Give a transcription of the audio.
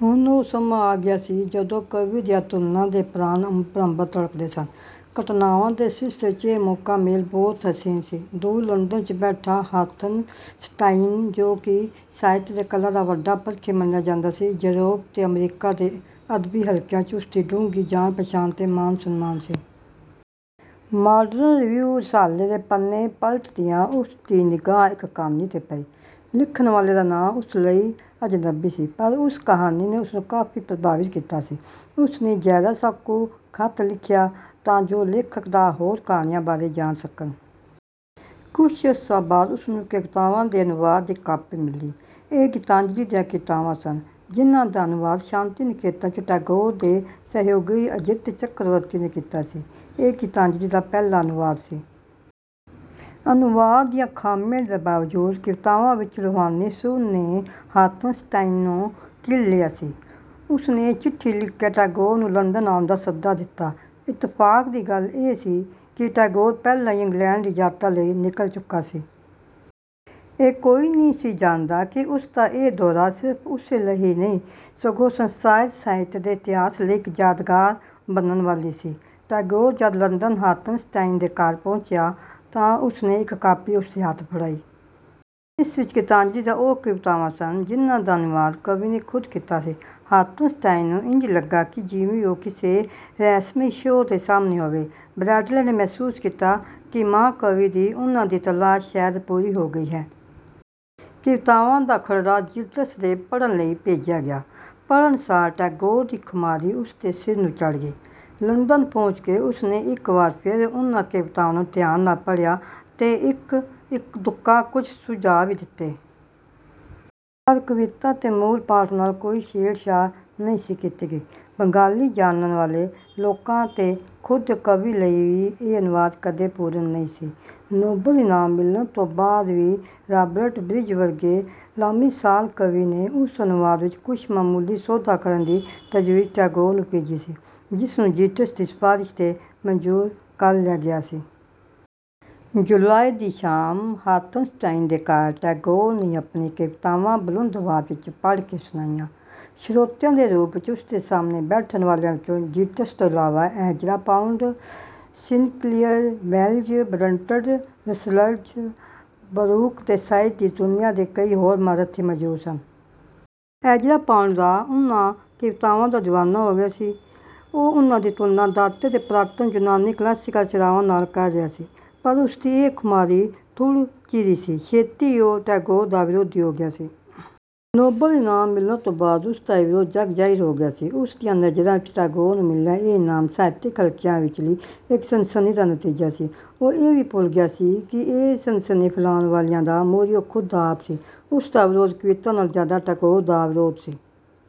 ਹੁਣ ਉਹ ਸਮਾਂ ਆਗਿਆ ਸੀ ਜਦੋਂ ਕਵੀ ਦੀਆਂ ਧੁਨਾਂ ਦੇ ਪ੍ਰਾਣ ਅੰਬਰ-ਅੰਬਰ ਧੜਕਨੇ ਸਨ। ਘਟਨਾਵਾਂ ਦੇ ਸਿਲਸਿਲੇ ਵਿੱਚ ਇਹ ਮੌਕਾ-ਮੇਲ ਬਹੁਤ ਹਸੀਨ ਸੀ। ਦੂਰ ਲੰਦਨ ਵਿੱਚ ਬੈਠਾ ਰਾਥਨਸਟਾਈਨ, ਜੋ ਕਿ ਸਾਹਿਤ ਤੇ ਕਲਾ ਦਾ ਵੱਡਾ ਪਰਖੀ ਮੰਨਿਆ ਜਾਂਦਾ ਸੀ, ਯੂਰੋਪ ਤੇ ਅਮਰੀਕਾ ਦੇ ਅਦਬੀ ਹਲਕਿਆਂ ਵਿੱਚ ਉਸਦੀ ਡੂੰਘੀ ਜਾਣ-ਪਛਾਣ ਤੇ ਮਾਣ-ਸਨਮਾਨ ਸੀ। "ਮਾਡਰਨ ਰਿਵੀਉ" ਰਸਾਲੇ ਦੇ ਪੰਨੇ ਪਲਟ ਦਿਆਂ ਉਸਦੀ ਨਿਗਾਹ ਇੱਕ ਕਹਾਣੀ 'ਤੇ ਪਈ, ਲਿਖਣ ਵਾਲੇ ਦਾ ਨਾਂ ਉਸ ਲਈ ਅਜਨਬੀ ਸੀ ਪਰ ਉਸ ਕਹਾਣੀ ਨੇ ਉਸਨੂੰ ਕਾਫ਼ੀ ਪ੍ਰਭਾਵਿਤ ਕੀਤਾ ਸੀ। ਉਸਨੇ ਜੋਰਾਸਾਂਕੂ ਖਤ ਲਿਖਿਆ ਤਾਂ ਜੋ ਲੇਖਕ ਦਾ ਹੋਰ ਕਹਾਣੀਆਂ ਬਾਰੇ ਜਾਣ ਸਕਨ। ਕੁਝ ਅਰਸਾ ਬਾਦ ਉਸਨੂੰ ਕਵਿਤਾਵਾਂ ਦੇ ਅਨੁਵਾਦ ਦੀ ਇੱਕ ਕਾਪੀ ਮਿਲੀ, ਇਹ ਗੀਤਾਂਜਲੀ ਦੀਆਂ ਕਵਿਤਾਵਾਂ ਸਨ ਜਿਨ੍ਹਾਂ ਦਾ ਅਨੁਵਾਦ ਸ਼ਾਂਤੀ-ਨਿਕੇਤਨ ਵਿੱਚ ਟੈਗੋਰ ਦੇ ਸਹਿਯੋਗੀ ਅਜਿਤ ਚਕਰਵਰਤੀ ਨੇ ਕੀਤਾ ਸੀ, ਇਹ ਗੀਤਾਂਜਲੀ ਦਾ ਪਹਿਲਾ ਅਨੁਵਾਦ ਸੀ। ਅਨੁਵਾਦ ਦੀਆਂ ਖਾਮੀਆਂ ਦੇ ਬਾਵਜੂਦ ਕਵਿਤਾਵਾਂ ਵਿੱਚਲੀ ਰੂਹਾਨੀ ਸੁਰ ਨੇ ਰਾਥਨਸਟਾਈਨ ਨੂੰ ਕੀਲ ਲਿਆ ਸੀ। ਉਸਨੇ ਚਿੱਠੀ ਲਿਖ ਕੇ ਟੈਗੋਰ ਨੂੰ ਲੰਦਨ ਆਉਣ ਦਾ ਸੱਦਾ ਦਿਤਾ। ਇੱਤਫ਼ਾਕ ਦੀ ਗੱਲ ਇਹ ਸੀ ਕਿ ਟੈਗੋਰ ਪਹਿਲਾਂ ਹੀ ਇੰਗਲੈਂਡ ਦੀ ਯਾਤਰਾ ਲਈ ਨਿਕਲ ਚੁੱਕਾ ਸੀ। ਇਹ ਕੋਈ ਨਹੀਂ ਸੀ ਜਾਣਦਾ ਕਿ ਉਸਦਾ ਇਹ ਦੌਰਾ ਸਿਰਫ਼ ਉਸੇ ਲਈ ਹੀ ਨਹੀਂ ਸਗੋਂ ਸੰਸਾਰ ਸਾਹਿਤ ਦੇ ਇਤਿਹਾਸ ਲਈ ਇੱਕ ਯਾਦਗਾਰ ਬਣਨ ਵਾਲੀ ਸੀ। ਟੈਗੋਰ ਜਦ ਲੰਦਨ ਰਾਥਨਸਟਾਈਨ ਦੇ ਘਰ ਪਹੁੰਚਿਆ ਤਾਂ ਉਸਨੇ ਇੱਕ ਕਾਪੀ ਉਸਦੇ ਹੱਥ ਫ਼ੜਾਈ। ਇਸ ਵਿੱਚ ਗੀਤਾਂਜਲੀ ਦੀਆਂ ਉਹ ਕਵਿਤਾਵਾਂ ਸਨ ਜਿਨ੍ਹਾਂ ਦਾ ਅਨੁਵਾਦ ਕਵੀ ਨੇ ਖੁਦ ਕੀਤਾ ਸੀ। ਰਾਥਨਸਟਾਈਨ ਨੂੰ ਇੰਜ ਲੱਗਾ ਕਿ ਜਿਵੇਂ ਉਹ ਕਿਸੇ ਰਹਸਮਈ ਸ਼ੌਅ ਦੇ ਸਾਹਮਣੇ ਹੋਵੇ। ਬ੍ਰੈਡਲੇ ਨੇ ਮਹਿਸੂਸ ਕੀਤਾ ਕਿ ਮਹਾਕਵੀ ਦੀ ਉਨ੍ਹਾਂ ਦੀ ਤਲਾਸ਼ ਸ਼ਾਇਦ ਪੂਰੀ ਹੋ ਗਈ ਹੈ। ਕਵਿਤਾਵਾਂ ਦਾ ਖਰੜਾ ਯੀਟਸ ਦੇ ਪੜਣ ਲਈ ਭੇਜਿਆ ਗਿਆ। ਪੜਣਸਾਰ ਟੈਗੋਰ ਦੀ ਖੁਮਾਰੀ ਉਸਦੇ ਸਿਰ ਨੂੰ ਚੜ ਗਈ। ਲੰਦਨ ਪਹੁੰਚ ਕੇ ਉਸਨੇ ਇੱਕ ਵਾਰ ਫੇਰ ਉਨ੍ਹਾਂ ਕਵਿਤਾਵਾਂ ਨੂੰ ਧਿਆਨ ਨਾਲ ਪੜਿਆ ਤੇ ਇੱਕ-ਦੁੱਕਾ ਕੁਝ ਸੁਝਾ ਵੀ ਦਿੱਤੇ। ਪਰ ਕਵਿਤਾ ਦੇ ਮੂਲ ਪਾਠ ਨਾਲ ਕੋਈ ਛੇੜ-ਛਾੜ ਨਹੀਂ ਸੀ ਕੀਤੀ ਗਈ। ਬੰਗਾਲੀ ਜਾਣਨ ਵਾਲੇ ਲੋਕਾਂ ਤੇ ਖੁਦ ਕਵੀ ਲਈ ਵੀ ਇਹ ਅਨੁਵਾਦ ਕਦੇ ਪੂਰਣ ਨਹੀਂ ਸੀ। ਨੋਬਲ ਇਨਾਮ ਮਿਲਣ ਤੋਂ ਬਾਦ ਵੀ ਰਾਬਰਟ ਬ੍ਰਿਜ ਵਰਗੇ ਲਾਮਿਸਾਲ ਕਵੀ ਨੇ ਉਸ ਅਨੁਵਾਦ ਵਿੱਚ ਕੁਝ ਮਾਮੂਲੀ ਸੋਧਾਂ ਕਰਨ ਦੀ ਤਜਵੀਜ ਟੈਗੋਰ ਨੂੰ ਭੇਜੀ ਸੀ, ਜਿਸਨੂੰ ਯੀਟਸ ਦੀ ਸਿਫ਼ਾਰਸ਼ 'ਤੇ ਮੰਜ਼ੂਰ ਕਰ ਲਿਆ ਗਿਆ ਸੀ। ਜੁਲਾਈ ਦੀ ਸ਼ਾਮ ਰਾਥਨਸਟਾਈਨ ਦੇ ਘਰ ਟੈਗੋਰ ਨੇ ਆਪਣੀਆਂ ਕਵਿਤਾਵਾਂ ਬੁਲੰਦ ਆਵਾਜ਼ ਵਿੱਚ ਪੜ ਕੇ ਸੁਣਾਈਆਂ। ਸ਼ਰੋਤਿਆਂ ਦੇ ਰੂਪ ਵਿੱਚ ਉਸਦੇ ਸਾਹਮਣੇ ਬੈਠਣ ਵਾਲਿਆਂ ਵਿੱਚ ਯੀਟਸ ਤੋਂ ਇਲਾਵਾ, Ezra Pound, Sinclair, Wells, Bertrand Russells, Brooke ਤੇ ਸਾਹਿਤ ਦੀ ਦੁਨੀਆ ਦੇ ਕਈ ਹੋਰ ਮਹਾਰਥੀ ਮੌਜੂਦ ਸਨ। ਐਜ਼ਰਾ ਪਾਉਂਡ ਤਾਂ ਉਨ੍ਹਾ ਕਵਿਤਾਵਾਂ ਦਾ ਦੀਵਾਨਾ ਹੋ ਗਿਆ ਸੀ। ਉਹ ਉਨ੍ਹਾਂ ਦੀ ਤੁਲਨਾ ਦਾਂਤੇ ਤੇ ਪੁਰਾਤਨ ਯੂਨਾਨੀ ਕਲਾਸੀਕਲ ਰਚਨਾਵਾਂ ਨਾਲ ਕਰ ਰਿਹਾ ਸੀ। ਪਰ ਉਸਦੀ ਇਹ ਖੁਮਾਰੀ ਥੁੜ ਚਿਰੀ ਸੀ, ਛੇਤੀ ਹੀ ਉਹ ਟੈਗੋਰ ਦਾ ਵਿਰੋਧੀ ਹੋ ਗਿਆ ਸੀ। ਨੋਬਲ ਈਨਾਮ ਮਿਲਣ ਤੋਂ ਬਾਦ ਉਸਦਾ ਇਹ ਵਿਰੋਧ ਜਗ ਜ਼ਾਹਿਰ ਹੋ ਗਿਆ ਸੀ। ਉਸ ਦੀਆਂ ਨਜ਼ਰਾਂ ਵਿੱਚ ਟੈਗੋਰ ਨੂੰ ਮਿਲਿਆ ਇਹ ਈਨਾਮ ਸਾਹਿਤਕ ਹਲਕਿਆਂ ਵਿਚਲੀ ਇੱਕ ਸਨਸਨੀ ਦਾ ਨਤੀਜਾ ਸੀ। ਉਹ ਇਹ ਵੀ ਭੁੱਲ ਗਿਆ ਸੀ ਕਿ ਇਹ ਸਨਸਨੀ ਫੈਲਾਉਣ ਵਾਲਿਆਂ ਦਾ ਮੋਹਰੀ ਉਹ ਖੁਦ ਆਪ ਸੀ। ਉਸਦਾ ਵਿਰੋਧ ਕਵਿਤਾ ਨਾਲੋਂ ਜ਼ਿਆਦਾ ਟੈਗੋਰ ਦਾ ਵਿਰੋਧ ਸੀ।